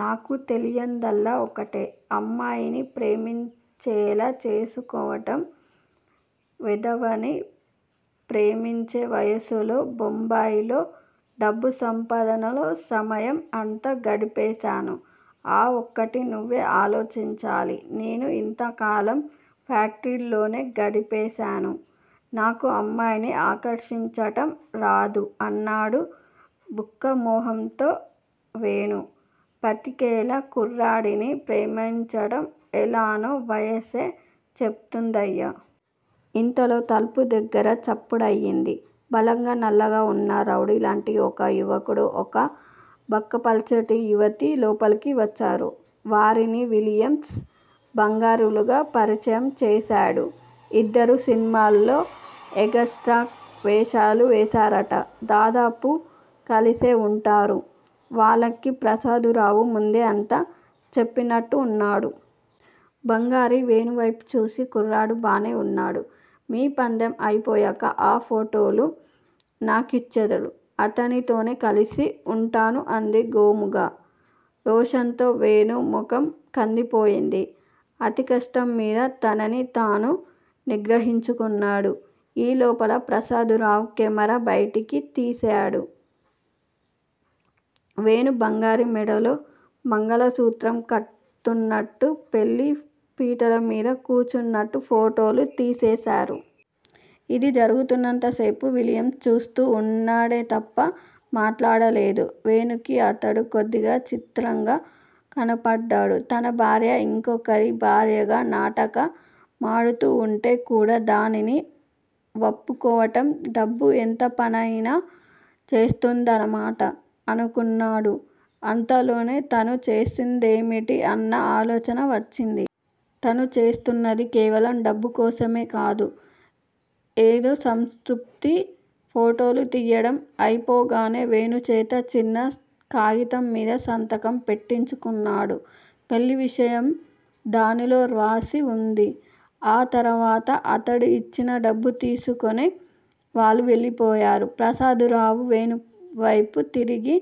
నాకు తెలియనిదల్లా ఒకటే, అమ్మాయిని ప్రేమించేలా చేసుకోవటం వెధవది ప్రేమించే వయసులో బోంబేలో డబ్బు సంపాదనలో సమయం అంతా గడిపేశాను. ఆ ఒక్కటీ నువ్వే ఆలోచించాలి నేను ఇంతకాలం ఫ్యాక్టరీలోనే గడిపేశాను. నాకూ అమ్మాయిని ఆకర్షించటం రాదు అన్నాడు బుక్కమొహంతో వేణు. పతికేళ్ళ కుర్రాడిని ప్రేమించటం ఎలానో వయసే చెప్తుందయ్యా. అంతలో తలుపు దగ్గిర చప్పుడయింది. బలంగా నల్లగా వున్న రౌడీలాంటి ఒక యువకుడు, ఒక బక్కపలచటి యువతి లోపలికి వచ్చారు. వారిని విలియమ్స్, బంగారులుగా పరిచయం చేశాడు. ఇద్దరూ సినిమాల్లో ఎగస్ట్రా వేషాలు వేసారట. దాదాపు కలిసే వుంటున్నారు. వాళ్ళకి ప్రసాదరావు ముందే అంతా చెప్పినట్టున్నాడు. బంగారి వేణువైపు చూసి, కుర్రాడు బానే వున్నాడు. మీ పందెం అయిపోయాక ఆ ఫోటోలు నాకిచ్చేద్దురూ! ఇతడితోనే కలిసి వుంటాను అంది గోముగా. రోషంతో వేణు మొహం కందిపోయింది. అతి కష్టంమీద తనని తాను నిగ్రహించుకున్నాడు. ఈ లోపులో ప్రసాదరావు కెమేరా బయటికి తీసేడు. వేణు బంగారి మెడలో మంగళసూత్రం కడ్తున్నట్టూ, పెళ్ళి పీటలమీద కూర్చున్నట్టూ ఫోటోలు తీసేశారు. ఇది జరుగుతున్నంతసేపూ విలియమ్స్ చూస్తూ వున్నాడే తప్ప మాట్లాడలేదు. వేణూకి అతడు కొద్దిగా చిత్రంగా కనపడ్డాడు. తన భార్య ఇంకొకరి భార్యగా నాటక మాడుతూ వుంటే కూడా దానికి వప్పుకోవటం డబ్బు ఎంతపనయినా చేయిస్తుందన్న మాట_ అనుకున్నాడు. అంతలోనే, తను చేస్తున్నదేమిటి అన్న ఆలోచన వచ్చింది. తను చేస్తున్నది కేవలం డబ్బు కోసమే కాదు. అదో సంతృప్తి. ఫోటోలు తియ్యటం అయిపోగానే, వేణు చేత చిన్న కాగితంమీద సంతకం పెట్టించుకున్నాడు. పెళ్ళి విషయం అందులో వ్రాసి వుంది. ఆ తరువాత అతడిచ్చిన డబ్బు తీసుకుని వాళ్ళు వెళ్ళిపోయారు. ప్రసాదరావు వేణువైపు తిరిగి,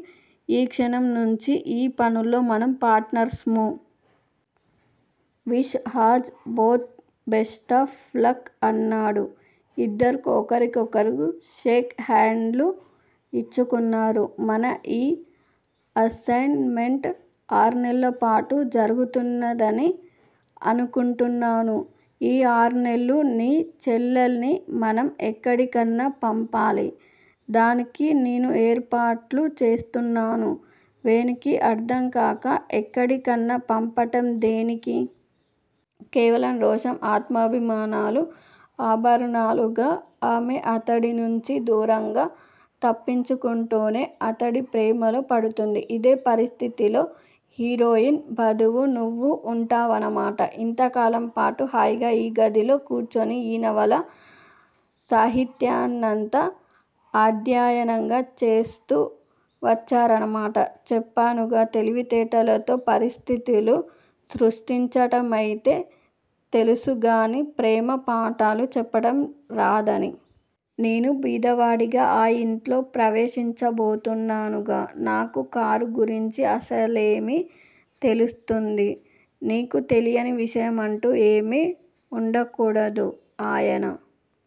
ఈ క్షణం నుంచీ ఈ పనిలో మనం పార్టనర్స్ ము. Wish as both best of luck అన్నాడు. ఇద్దరూ ఒకరికొకరు షేక్ హాండ్ లు యిచ్చుకున్నారు. మన ఈ అసైన్ మెంటు ఆర్నెల్లపాటు జరుగుతుందని అనుకుంటున్నాను. ఈ ఆర్నెలలూ నీ చెల్లెల్ని మనం ఎక్కడికన్నా పంపాలి. దానికి నేను ఏర్పాట్లు చేస్తాను. వేణుకి అర్ధంకాక, ఎక్కడికన్నా పంపటం దేనికి? కేవలం రోషం, ఆత్మాభిమానాలు ఆభరణాలుగా ఆమె అతడినించి దూరంగా తప్పుకుంటూనే అతడి ప్రేమలో పడుతుంది. ఇదే పరిస్థితుల్లో హీరోయిన్ బదువు నువ్వు వుంటావన్నమాట. ఇంతకాలంపాటు హాయిగా ఈ గదిలో కూర్చుని ఈ నవలా సాహిత్యాన్నంతా ఆధ్యయనంగా చేస్తూ వచ్చారన్నమాట. చెప్పానుగా! తెలివితేటలతో పరిస్థితులు సృష్టించటమైతే తెలుసుగానీ_ ప్రేమ పాఠాలు చెప్పటం రాదని. నేను బీదవాడిగా ఆ ఇంట్లో ప్రవేశించబోతున్నానుగా! నాకు కారు గురించి అసలేమి తెలుస్తుంది? నీకు తెలియని విషయం అంటూ ఏమీ ఉండకూడదు. అయినా